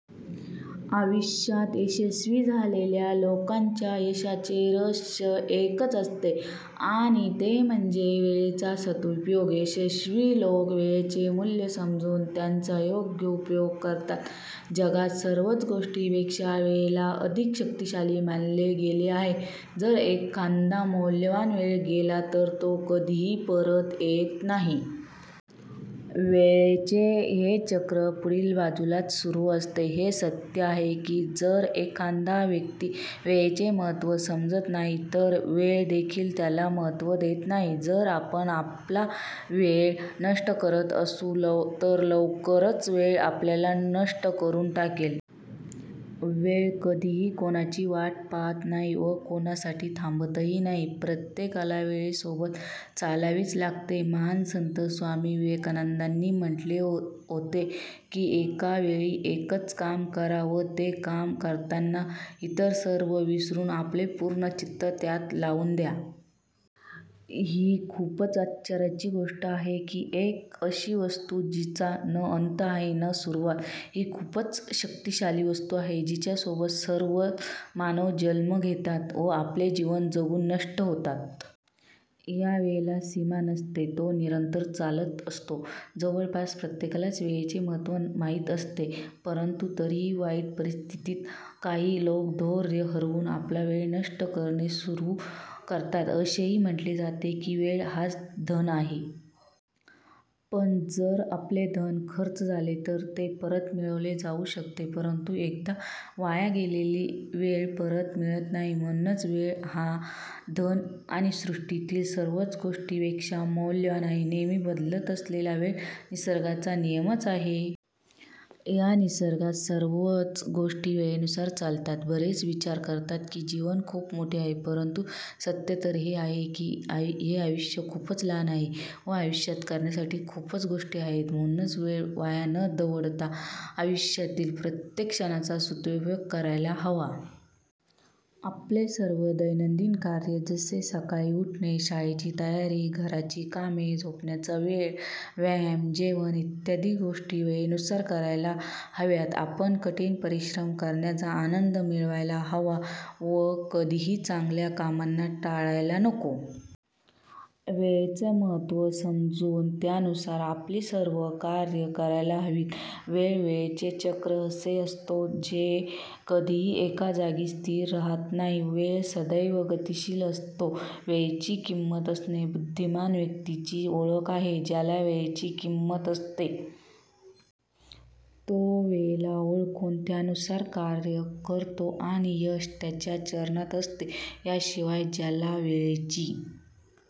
आयुष्यात यशस्वी झालेल्या लोकांच्या यशाचे रहस्य एकच असते आणि ते म्हणजे 'वेळेचा सदुपयोग'. यशस्वी लोक वेळेचे मूल्य समजून त्याचा योग्य उपयोग करतात. जगात सर्वच गोष्टींपेक्षा वेळेला अधिक शक्तीशाली मानले गेले आहे. जर एकदा मौल्यवान वेळ गेला तर तो कधीही परत येत नाही. वेळेचे हे चक्र पुढील बाजूलाच सुरू असते. हे सत्य आहे की जर एखादा व्यक्ती वेळेचे महत्त्व समजत नाही तर वेळ देखील त्याला महत्त्व देत नाही. जर आपण आपला वेळ नष्ट करत असू तर लवकरच वेळ आपल्याला नष्ट करून टाकेल. वेळ कधीही कोणाची वाट पाहत नाही व कोणासाठी थांबतही नाही. प्रत्येकाला वेळेसोबत चालावेच लागते. महान संत स्वामी विवेकानंदांनी म्हटले होते की "एका वेळी एकच काम करा, व ते काम करतांना इतर सर्व विसरून आपले पूर्ण चित्त त्यात लाऊन द्या. " ही खूपच आश्चर्याची गोष्ट आहे की एक अशी वस्तू जीचा न अंत आहे न सुरुवात, ही खूपच शक्तिशाली वस्तू आहे, जिच्या सोबत सर्वच मानव जन्म घेतात व आपले जीवन जगून नष्ट होतात. यावेळेला सीमा नसते, तो निरंतर चालत असतो. जवळपास प्रत्येकालाच वेळेचे महत्त्व माहीत असते परंतु तरीही वाईट परिस्थितीत काही लोक धैर्य हरवून आपला वेळ नष्ट करणे सुरू करतात. असेही म्हटले जाते की वेळ हाच धन आहे. पण जर आपले धन खर्च झाले तर ते परत मिळवले जाऊ शकते. परंतु एकदा वाया गेलेली वेळ परत मिळत नाही. म्हणूनच वेळ हा धन आणि सृष्टीतील सर्वच गोष्टींपेक्षा मौल्यवान आहे. नेहमी बदलत असलेला वेळ निसर्गाचा नियमच आहे. या निसर्गात सर्वच गोष्टी वेळेनुसार चालतात. बरेच विचार करतात की जीवन खूप मोठे आहे, परंतु सत्य तर हे आहे की हे आयुष्य खूपच लहान आहे व आयुष्यात करण्यासाठी खूपच गोष्टी आहेत. म्हणूनच वेळ वाया न दवडता आयुष्यातील प्रत्येक क्षणाचा सदुपयोग करायला हवा. आपले सर्व दैनंदिन कार्य जसे सकाळी उठणे, शाळेची तयारी, घराची कामे, झोपण्याचा वेळ, व्यायाम, जेवण इत्यादी गोष्टी वेळेनुसार करायला हव्यात. आपण कठीण परिश्रम करण्याचा आनंद मिळवायला हवा व कधीही चांगल्या कामांना टाळायला नको. वेळेचे महत्त्व समजून त्यानुसार आपली सर्व कार्य करायला हवीत. वेळ, वेळेचे चक्र असे असतो जे कधीही एका जागी स्थिर राहत नाही. वेळ सदैव गतिशिल असतो. वेळेची किंमत असणे बुद्धिमान व्यक्तीची ओळख आहे. ज्याला वेळेची किंमत असते. तो वेळेला ओळखून त्यानुसार कार्य करतो आणि यश त्याच्या चरणात असते. याशिवाय ज्याला वेळेची